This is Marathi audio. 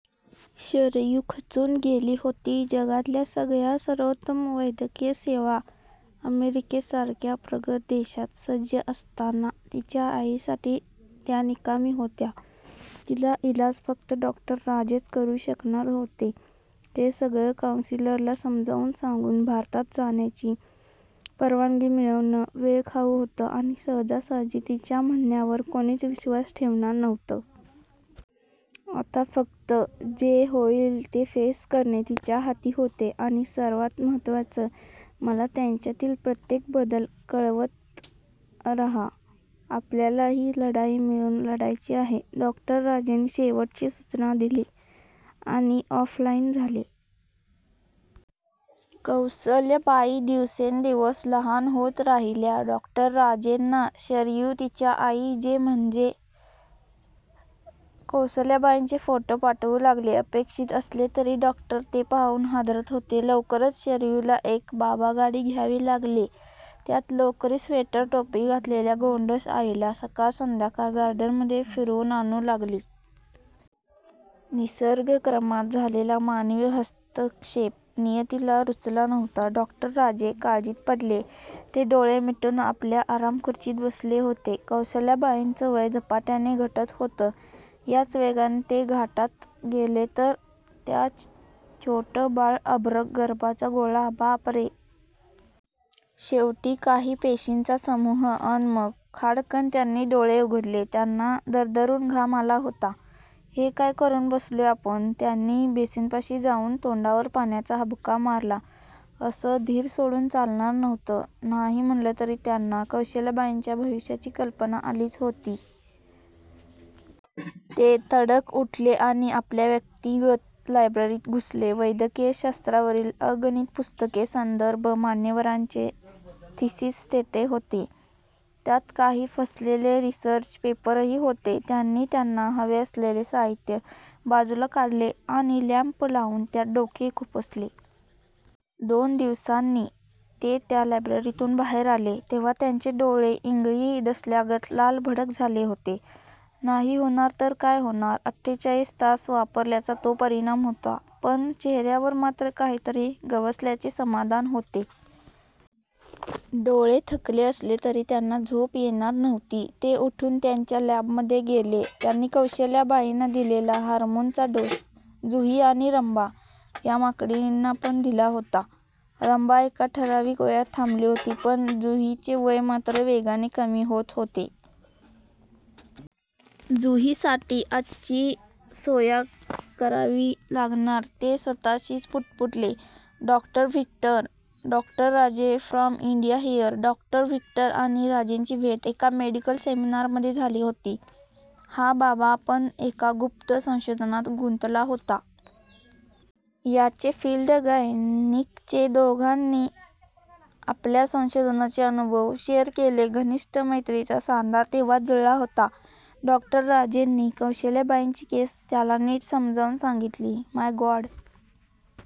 शरयू खचून गेली होती. जगातल्या सगळ्या, सर्वोत्तम वैद्यकीय सेवा अमेरिकेसारख्या प्रगत देशात सज्ज असताना, तिच्या आई साठी त्या निकामी होत्या! तिचा इलाज फक्त डॉ. राजेच करू शकणार होते. हे सगळं कॉऊंसिलरला समजावून सांगून भारतात जाण्याची परवानगी मिळवणं वेळ खाऊ होत आणि सहजासहजी तिच्या म्हणण्यावर कोणीच विश्वास ठेवणार नव्हतं. आता फक्त जे होईल ते फेस करणे तिच्या हाती होते आणि सर्वात महत्वाचं, मला त्यांच्यातील प्रत्येक बदल कळवत रहा! आपल्याला हि लढाई मिळून लढायची आहे! डॉ. राजेनी शेवटची सूचना दिली आणि ऑफ लाईन झाले. कौसल्याबाई दिवसेंदिवस लहान होत राहिल्या! डॉ. राजेंना, शरयू तिच्या आईचे म्हणजे कौसल्याबाईंचे फोटो पाठवू लागली. अपेक्षित असले तरी डॉक्टर ते पाहून हादरत होते. लवकरच शरयूला एक बाबागाडी घ्यावी लागली! त्यात लोकरी स्वेटर- टोपी घातलेल्या गोंडस 'आईला', सकाळ संध्याकाळ गार्डनमध्ये फिरवून आणू लागली! निसर्गक्रमात झालेला मानवी हस्तक्षेप नियतीला रुचला नव्हता! डॉक्टर राजे काळजीत पडले. ते डोळे मिटून आपल्या आरामखुर्चीत बसले होते. कौसल्याबाईंचं वय झपाट्याने घटत होत. याच वेगाने ते घाटात गेले तर? त्या छोटं बाळ अभ्रक गर्भाचा गोळा बापरे! शेवटी काही पेशींचा समूह अन मग! खाड्कन त्यांनी डोळे उघडले! त्यांना दरदरून घाम आला होता! हे काय करून बसलोय आपण? त्यांनी बेसिनपाशी जाऊन तोंडावर पाण्याचा हबका मारला. असं धीर सोडून चालणार नव्हतं. नाही म्हटलंतरी त्यांना कौशल्याबाईंच्या भविष्याची कल्पना आलीच होती. ते तडक उठले आणि आपल्या व्यक्तिगत लायब्ररीत घुसले. वैद्यकीय शास्त्रावरील अगणित पुस्तके, संदर्भ, मान्यवरांचे थिसीस तेथे होते. त्यात काही फसलेले रिसर्च पेपरही होते. त्यांनी त्यांना हवे असलेले साहित्य बाजूला काढले आणि लॅम्प लावून त्यात डोके खुपसले. दोन दिवसांनी ते त्या लायब्ररीतुन बाहेर आले तेव्हा त्यांचे डोळे, इंगळी डसल्यागत लालभडक झाले होते. नाही होणार तर काय होणार? अठ्ठेचाळीस तास वापरल्याचा तो परिणाम होता. पण चेहऱ्यावर मात्र काहीतरी गवसल्याचे समाधान होते! डोळे थकले असले तरी त्यांना झोप येणार नव्हती. ते उठून त्यांच्या लॅब मध्ये गेले. त्यांनी कौशल्याबाईंना दिलेल्या हार्मोनचा डोस 'जुही' आणि 'रंभा' या माकडिणींना पण दिला होता. रंभा एका ठराविक वयात थांबली होती, पण जुहीचे वय मात्र वेगाने कमी होत होते. 'जुही साठी, आज ची सोया करावी लागणार.' ते स्वतःशीच पुटपुटले. "Doctor Victor? " "Doctor Raje from India here! " डॉ व्हिक्टर आणि राजेंची भेट एका मेडिकल सेमिनार मध्ये झाली होती. हा बाबा पण एका गुप्त संशोधनात गुंतला होता. याचे फिल्ड गायनीकचे. दोघांनी आपल्या संशोधनाचे अनुभव शेयर केले. घनिष्ट मैत्रीचा सांधा तेव्हाच जुळला होता. डॉ. राजेंनी कौसल्याबाईंची केस त्याला नीट समजावून सांगितली. My God!